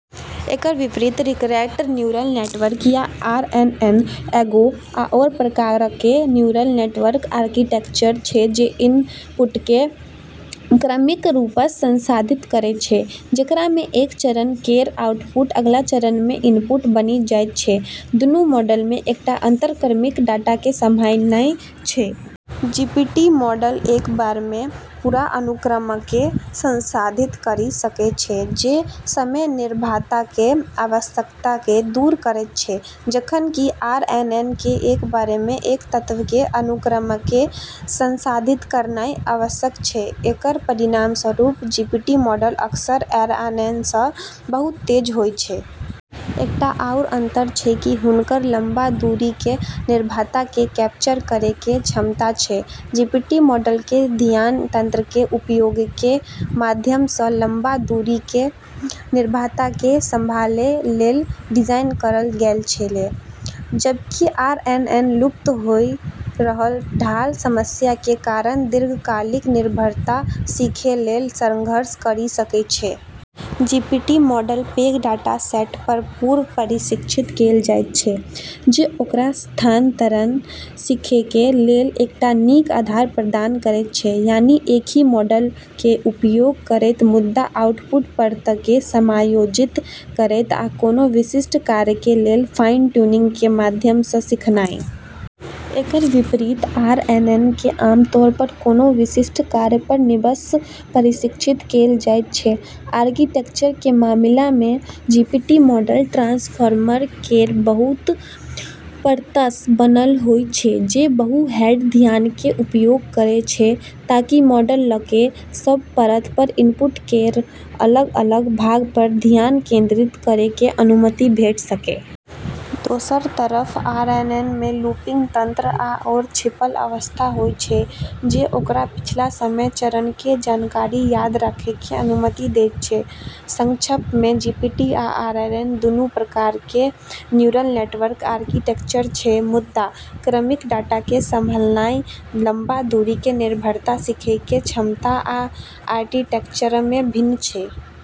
एकर विपरीत, recurrent neural network या RNN एगो आओर प्रकारके न्यूरल नेटवर्क आर्किटेक्चर छै जे इनपुटके क्रमिक रूपसँ संसाधित करै छै, जेकरामे एक चरण केर आउटपुट अगला चरणमे इनपुट बनि जाइत छै। दुन्नू मॉडलमे एकटा अंतर क्रमिक डाटाके संभालनाइ छै। जीपीटी मॉडल एक बेरमे पूरा अनुक्रमके संसाधित करि सकै छै, जे समय निर्भरताके आवश्यकताके दूर करैत छै, जखन कि आरएनएनके एक बेरमे एक तत्वके अनुक्रमके संसाधित करनाइ आवश्यक छै। एकर परिणामस्वरूप जीपीटी मॉडल अक्सर आरएनएनसँ बहुत तेज होइ छै। एकटा आओर अंतर छै कि हुनकर लम्बा दूरीके निर्भरताके कैप्चर करैके क्षमता छै। जीपीटी मॉडलके धियान तंत्रके उपयोगके माध्यमसँ लम्बा दूरीके निर्भरताके संभालै लेल डिजाइन करल गेल छलै, जबकि आरएनएन लुप्त होइ रहल ढाल समस्याके कारण दीर्घकालिक निर्भरता सिखै लेल संघर्ष करि सकै छै। जीपीटी मॉडलके पैघ डाटासेट पर पूर्व प्रशिक्षित कैल जाइत छै, जे ओकरा स्थानांतरण सिखैके लेल एकटा नीक आधार प्रदान करैत छै, यानि, एकहि मॉडलके उपयोग करैत मुदा आउटपुट परतके समायोजित करैत आ कोनो विशिष्ट कार्यके लेल फाइन-ट्यूनिंगके माध्यमसँ सिखनाइ। एकर विपरीत आरएनएनके आमतौर पर कोनो विशिष्ट कार्य पर नबसँ प्रशिक्षित कैल जाइत छै। आर्किटेक्चरके मामिलामे जीपीटी मॉडल ट्रांसफार्मर केर बहुत परतसँ बनल होइ छै जे बहु-हेड धियानके उपयोग करै छै ताकि मॉडलके सब परत पर इनपुट केर अलग-अलग भाग पर धियान केंद्रित करैके अनुमति भेट सकै। दोसर तरफ आरएनएनमे लूपिंग तंत्र आओर छिपल अवस्था होइ छै जे ओकरा पिछला समय चरणके जानकारी याद राखैके अनुमति दैत छै। संक्षेपमे, जीपीटी आ आरएनएन दुन्नू प्रकारके न्यूरल नेटवर्क आर्किटेक्चर छै मुदा क्रमिक डाटाके संभालनाइ, लम्बा दूरीके निर्भरता सिखैके क्षमता, आ आर्किटेक्चरमे भिन्न छै।